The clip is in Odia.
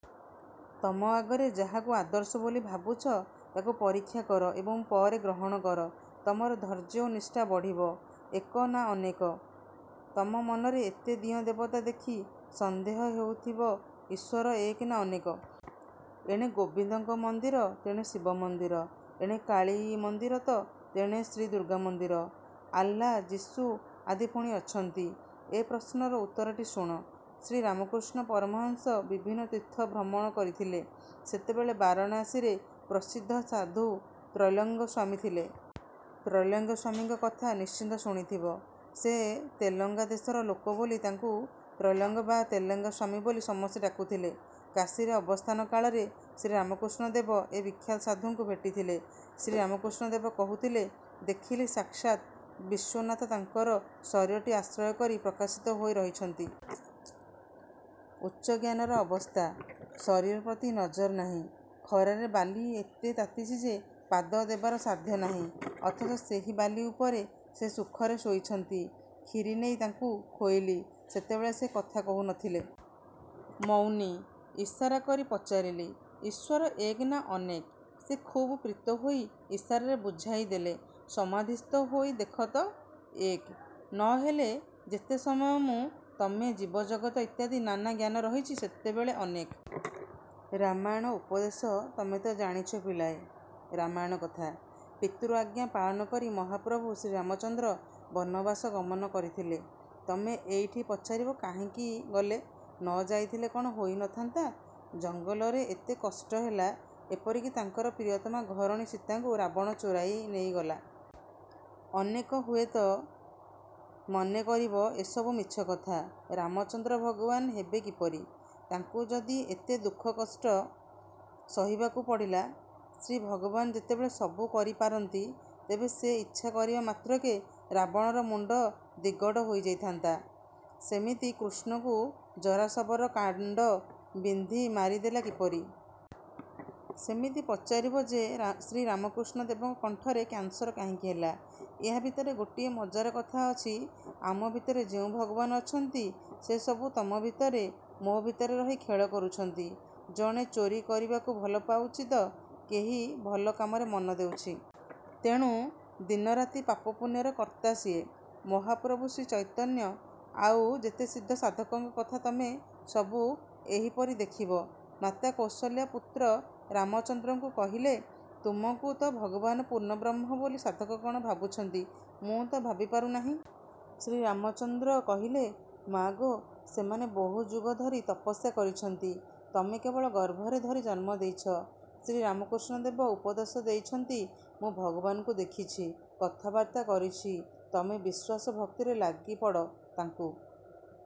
ତମ ଆଗରେ ଯାହାକୁ ଆଦର୍ଶ ବୋଲି ଭାବୁଛ ତାକୁ ପରୀକ୍ଷା କର ଏବଂ ପରେ ଗ୍ରହଣ କର। ତମର ଧୈର୍ଯ୍ୟ ଓ ନିଷ୍ଠା ବଢ଼ିବ। ଏକ ନା ଅନେକ? ତମ ମନରେ ଏତେ ଦିଅଁ ଦେବତା ଦେଖି ସନ୍ଦେହ ହେଉଥିବ ଈଶ୍ୱର ଏକ ନା ଅନେକ-। ଏଣେ ଗୋବିନ୍ଦଙ୍କ ମନ୍ଦିର ତେଣେ ଶିବମନ୍ଦିର, ଏଣେ କାଳୀମନ୍ଦିର ତ ତେଣେ ଶ୍ରୀ ଦୁର୍ଗାମନ୍ଦିର-। ଆଲ୍ଲା, ଯୀଶୁ ଆଦି ପୁଣି ଅଛନ୍ତି। ଏ ପ୍ରଶ୍ନର ଉତ୍ତରଟି ଶୁଣ। ଶ୍ରୀରାମକୃଷ୍ଣ ପରମହଂସ ବିଭିନ୍ନ ତୀର୍ଥ ଭ୍ରମଣ କରିଥିଲେ। ସେତେବେଳେ ବାରାଣସୀରେ ପ୍ରସିଦ୍ଧ ସାଧୁ ତ୍ରୈଲଙ୍ଗ ସ୍ୱାମୀ ଥିଲେ। ତ୍ରୈଲଙ୍ଗ ସ୍ୱାମୀଙ୍କ କଥା ନିଶ୍ଚୟ ଶୁଣିଥିବ। ସେ ତେଲଙ୍ଗା ଦେଶର ଲୋକ ବୋଲି ତାଙ୍କୁ ତ୍ରୈଲଙ୍ଗ ବା ତେଲଙ୍ଗା ସ୍ୱାମୀ ବୋଲି ସମସ୍ତେ ଡାକୁଥିଲେ। କାଶୀରେ ଅବସ୍ଥାନ କାଳରେ ଶ୍ରୀରାମକୃଷ୍ଣ ଦେବ ଏ ବିଖ୍ୟାତ ସାଧୁଙ୍କୁ ଭେଟିଥିଲେ। ଶ୍ରୀରାମକୃଷ୍ଣ ଦେବ କହୁଥିଲେ-ଦେଖିଲି, ସାକ୍ଷାତ ବିଶ୍ୱନାଥ ତାଙ୍କର ଶରୀରଟି ଆଶ୍ରୟ କରି ପ୍ରକାଶିତ ହୋଇ ରହିଛନ୍ତି। ଉଚ୍ଚ ଜ୍ଞାନର ଅବସ୍ଥା। ଶରୀର ପ୍ରତି ନଜର ନାହିଁ। ଖରାରେ ବାଲି ଏତେ ତାତିଛି ଯେ ପାଦ ଦେବାର ସାଧ୍ୟ ନାହିଁ, ଅଥଚ ସେହି ବାଲି ଉପରେ ସେ ସୁଖରେ ଶୋଇଛନ୍ତି। କ୍ଷିରି ନେଇ ତାଙ୍କୁ ଖୋଇଲି। ସେତେବେଳେ ସେ କଥା କହୁ ନ ଥିଲେ। ମୌନୀ। ଇଶାରା କରି ପଚାରିଲି, ''ଈଶ୍ୱର ଏକ ନା ଅନେକ? '' ସେ ଖୁବ୍ ପ୍ରୀତ ହୋଇ ଇଶାରାରେ ବୁଝାଇ ଦେଲେ, 'ସମାଧିସ୍ଥ ହୋଇ ଦେଖ ତ ଏକ, ନ ହେଲେ ଯେତେ ସମୟ ମୁଁ, ତମେ, ଜୀବଜଗତ ଇତ୍ୟାଦି ନାନା ଜ୍ଞାନ ରହିଛି, ସେତେବେଳେ ଅନେକ। ' ରାମାୟଣର ଉପଦେଶ ତମେତ ଜାଣିଛ ପିଲାଏ ରାମାୟଣ କଥା। ପିତୃଆଜ୍ଞା ପାଳନ କରି ମହାପ୍ରଭୁ ଶ୍ରୀରାମଚନ୍ଦ୍ର ବନବାସ ଗମନ କରିଥିଲେ। ତମେ ଏଇଠି ପଚାରିବ କାହିଁକି ଗଲେ? ନ ଯାଇଥିଲେ କ'ଣ ହୋଇ ନ ଥିନ୍ତା? ଜଙ୍ଗଲରେ ଏତେ କଷ୍ଟ ହେଲା ଏପରିକି ତାଙ୍କର ପ୍ରିୟତମା ଘରଣୀ ସୀତାଙ୍କୁ ରାବଣ ଚୋରାଇ ନେଇଗଲା। ଅନେକେ ହୁଏତ ମନେ କରିବ ଏସବୁ ମିଛ କଥା-। ରାମଚନ୍ଦ୍ର ଭଗବାନ ହେବେ କିପରି? ତାଙ୍କୁ ଯଦି ଏତେ ଦୁଃଖ-କଷ୍ଟ ସହିବାକୁ ପଡ଼ିଲା। ଶ୍ରୀଭଗବାନ ଯେତେବେଳେ ସବୁ କରିପାରନ୍ତି, ତେବେ ସେ ଇଚ୍ଛା କରିବା ମାତ୍ରକେ ରାବଣର ମୁଣ୍ତ ଦିଗଡ଼ ହୋଇଯାନ୍ତା। ସେମିତି କୃଷ୍ଣଙ୍କୁ ଜାରାଶବର କାଣ୍ତ ବିନ୍ଧି ମାରିଦେଲା କିପରି? ସେମିତି ପଚାରିବ ଯେ ଶ୍ରୀରାମକୃଷ୍ଣ ଦେବଙ୍କ କଣ୍ଠରେ କ୍ୟାନ୍ସର କାହିଁକି ହେଲା। ଏହା ଭିତରେ ଗୋଟିଏ ମଜାର କଥା ଅଛି। ଆମ ଭିତରେ ଯେଉଁ ଭଗବାନ ଅଛନ୍ତି ସେ ସବୁ ତମ ଭିତରେ, ମୋ ଭିତରେ ରହି ଖେଳ କରୁଛନ୍ତି। ଜଣେ ଚୋରୀ କରିବାକୁ ଭଲ ପାଉଛି ତ କେହି ଭଲ କାମରେ ମନ ଦେଉଛି। ତେଣୁ ଦିନରାତି ପାପ-ପୁଣ୍ୟର କର୍ତ୍ତା ସିଏ। ମହାପ୍ରଭୁ ଶ୍ରୀ ଚୈତନ୍ୟ ଆଉ ଯେତେ ସିଦ୍ଧ ସାଧକଙ୍କ କଥା ତମେ ସବୁ ଏହିପରି ଦେଖିବ। ମାତା କୌଶଲ୍ୟା ପୁତ୍ର ରାମଚନ୍ଦ୍ରଙ୍କୁ କହିଲେ, ତମକୁ ତ ଭଗବାନ ପୂର୍ଣ୍ଣବ୍ରହ୍ମ ବୋଲି ସାଧକଗଣ ଭାବୁଛନ୍ତି, ମୁଁ ତ ଭାବି ପାରୁନାହିଁ। ଶ୍ରୀରାମଚନ୍ଦ୍ର କହିଲେ-ମା' ଗୋ ସେମାନେ ବହୁ ଯୁଗ ଧରି ତପସ୍ୟା କରିଛନ୍ତି ତମେ କେବଳ ଗର୍ଭରେ ଧରି ଜନ୍ମ ଦେଇଛ। ଶ୍ରୀରାମକୃଷ୍ଣ ଦେବ ଉପଦେଶ ଦେଇଛନ୍ତି-ମୁଁ ଭଗବାନଙ୍କୁ ଦେଖିଛି। କଥାବାର୍ତ୍ତା କରିଛି-। ତମେ ବିଶ୍ୱାସ ଓ ଭକ୍ତିରେ ଲାଗିପଡ଼ ତାଙ୍କୁ